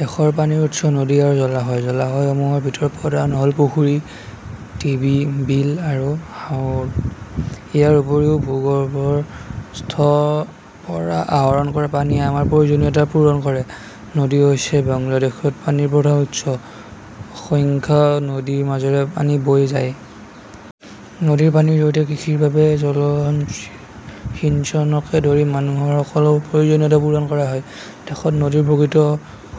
দেশৰ পানীৰ উৎস নদী আৰু জলাশয়। জলাশয়সমূহৰ ভিতৰত প্ৰধান হ'ল পুখুৰী, ঢিবি, বিল আৰু হাওৰ। ইয়াৰ উপৰিও ভূগৰ্ভস্থ পৰা আহৰণ কৰা পানীয়ে আমাৰ প্ৰয়োজনীয়তা পূৰণ কৰে। নদী হৈছে বাংলাদেশত পানীৰ প্ৰধান উৎস। অসংখ্য নদীৰ মাজেৰে পানী বৈ যায়। নদীৰ পানীৰ জৰিয়তে কৃষিৰ বাবে জলসিঞ্চনকে ধৰি মানুহৰ সকলো প্ৰয়োজনীয়তা পূৰণ কৰা হয়। দেশত নদীৰ প্ৰকৃত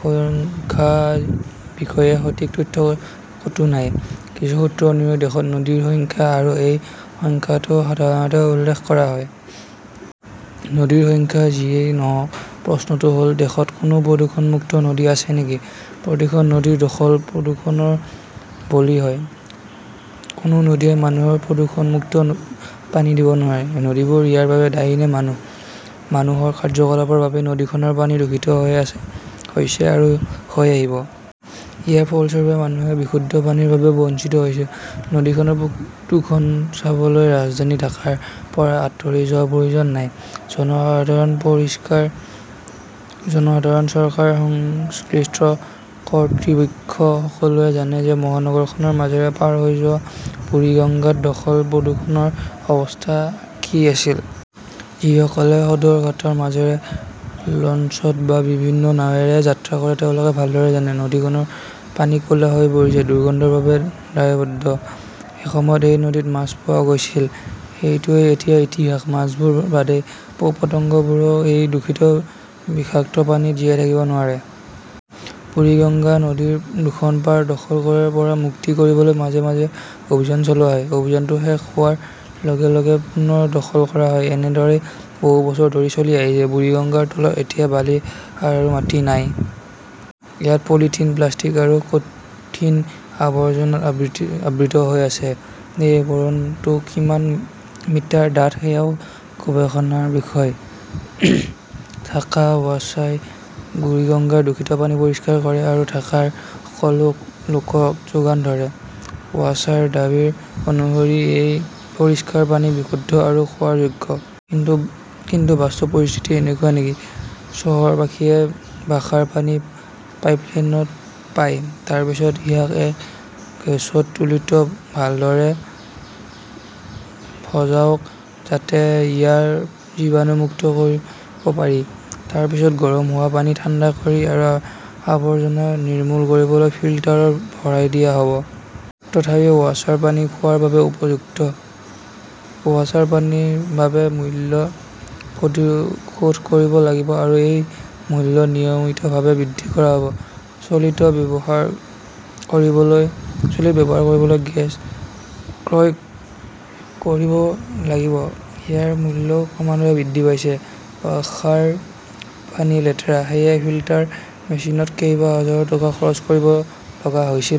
সংখ্যাৰ বিষয়ে সঠিক তথ্য ক'তো নাই। কিছু সূত্ৰ অনুসৰি, দেশত নদীৰ সংখ্যা আৰু এই সংখ্যাটো সাধাৰণতে উল্লেখ কৰা হয়। সংখ্যা যিয়েই নহওঁক, প্ৰশ্নটো হ'ল দেশত কোনো প্ৰদূষণমুক্ত নদী আছে নেকি? প্ৰতিখন নদী দখল-প্ৰদূষণৰ বলি হয়। কোনো নদীয়ে মানুহক প্ৰদূষণমুক্ত পানী দিব নোৱাৰে। নদীবোৰ ইয়াৰ বাবে দায়ী নে মানুহ? মানুহৰ কাৰ্যকলাপৰ বাবেই নদীখনৰ পানী দূষিত হৈ আছে হৈছে আৰু হৈ আহিছে। ইয়াৰ ফলস্বৰূপে মানুহে বিশুদ্ধ পানীৰ পৰা বঞ্চিত হৈছে। নদীখনৰ প্ৰদূষণ চাবলৈ ৰাজধানী ঢাকাৰ পৰা আঁতৰি যোৱাৰ প্ৰয়োজন নাই। জনসাধাৰণ, চৰকাৰ, সংশ্লিষ্ট কৰ্তৃপক্ষ সকলোৱে জানে যে মহানগৰখনৰ মাজেৰে পাৰ হৈ যোৱা বুৰিগাংগাত দখল-প্ৰদূষণৰ অৱস্থা কি আছিল। যিসকলে সদৰঘাটৰ মাজেৰে লঞ্চত বা বিভিন্ন নাৱেৰে যাত্ৰা কৰে তেওঁলোকে ভালদৰে জানে। নদীখনৰ পানী ক'লা হৈ পৰিছে। দুৰ্গন্ধৰ বাবে দায়বদ্ধ। এসময়ত এই নদীত মাছ পোৱা গৈছিল। সেইটোৱেই এতিয়া ইতিহাস। মাছবোৰ বাদেই পোক-পতংগবোৰেও এই দূষিত বিষাক্ত পানীত জীয়াই থাকিব নোৱাৰে। বুৰিগঙ্গা নদীৰ দুখন পাৰ দখল কৰাৰ পৰা মুক্ত কৰিবলৈ মাজে মাজে অভিযান চলোৱা হয়। অভিযানটো শেষ হোৱাৰ লগে লগে পুনৰ দখল কৰা হয়। এনেদৰেই বহু বছৰ ধৰি চলি আহিছে। বুৰিগঙ্গাৰ তলত এতিয়া বালি বা মাটি নাই। ইয়াত পলিথিন, প্লাষ্টিক আৰু কঠিন আৱৰ্জনাত আবৃত কৰা আছে। এই আৱৰণটো কিমান মিটাৰ ডাঠ সেয়াও গৱেষণাৰ বিষয়। ঢাকা ৱাছাই বুৰিগঙ্গাৰ দূষিত পানী পৰিষ্কাৰ কৰে আৰু ঢাকাৰ লোকসকলক যোগান ধৰে। ৱাসাৰ দাবী অনুসৰি এই পৰিষ্কাৰ পানী বিশুদ্ধ আৰু খোৱাৰ যোগ্য। কিন্তু বাস্তৱ পৰিস্থিতি এনেকুৱা নেকি? চহৰবাসীয়ে ৱাসাৰ পানী পাইপলাইনত পায়। তাৰ পিছত ইয়াক এটা গেছৰ চুলিত ভালদৰে ভজাওক যাতে ইয়াক জীৱাণুমুক্ত কৰিব পাৰি। তাৰ পিছত গৰম হোৱা পানী ঠাণ্ডা কৰি আৰু আৱৰ্জনা নিৰ্মূল কৰিবলৈ ফিল্টাৰত ভৰাই দিয়া হয়। তথাপিও ৱাসাৰ পানী খোৱাৰ বাবে উপযুক্ত। ৱাছাই পানীৰ বাবে মূল্য পৰিশোধ কৰিব লাগিব আৰু এই মূল্য নিয়মিতভাৱে বৃদ্ধি কৰা হৈছে। চুলিত ব্যৱহাৰ কৰিবলৈ গেছ ক্ৰয় কৰিব লাগিব। ইয়াৰ মূল্যও ক্ৰমান্বয়ে বৃদ্ধি পাইছে। ৱাসাৰ পানী লেতেৰা, সেয়ে ফিল্টাৰ মেচিনত কেইবাহাজাৰো টকা খৰচ কৰিব লগা হৈছিল।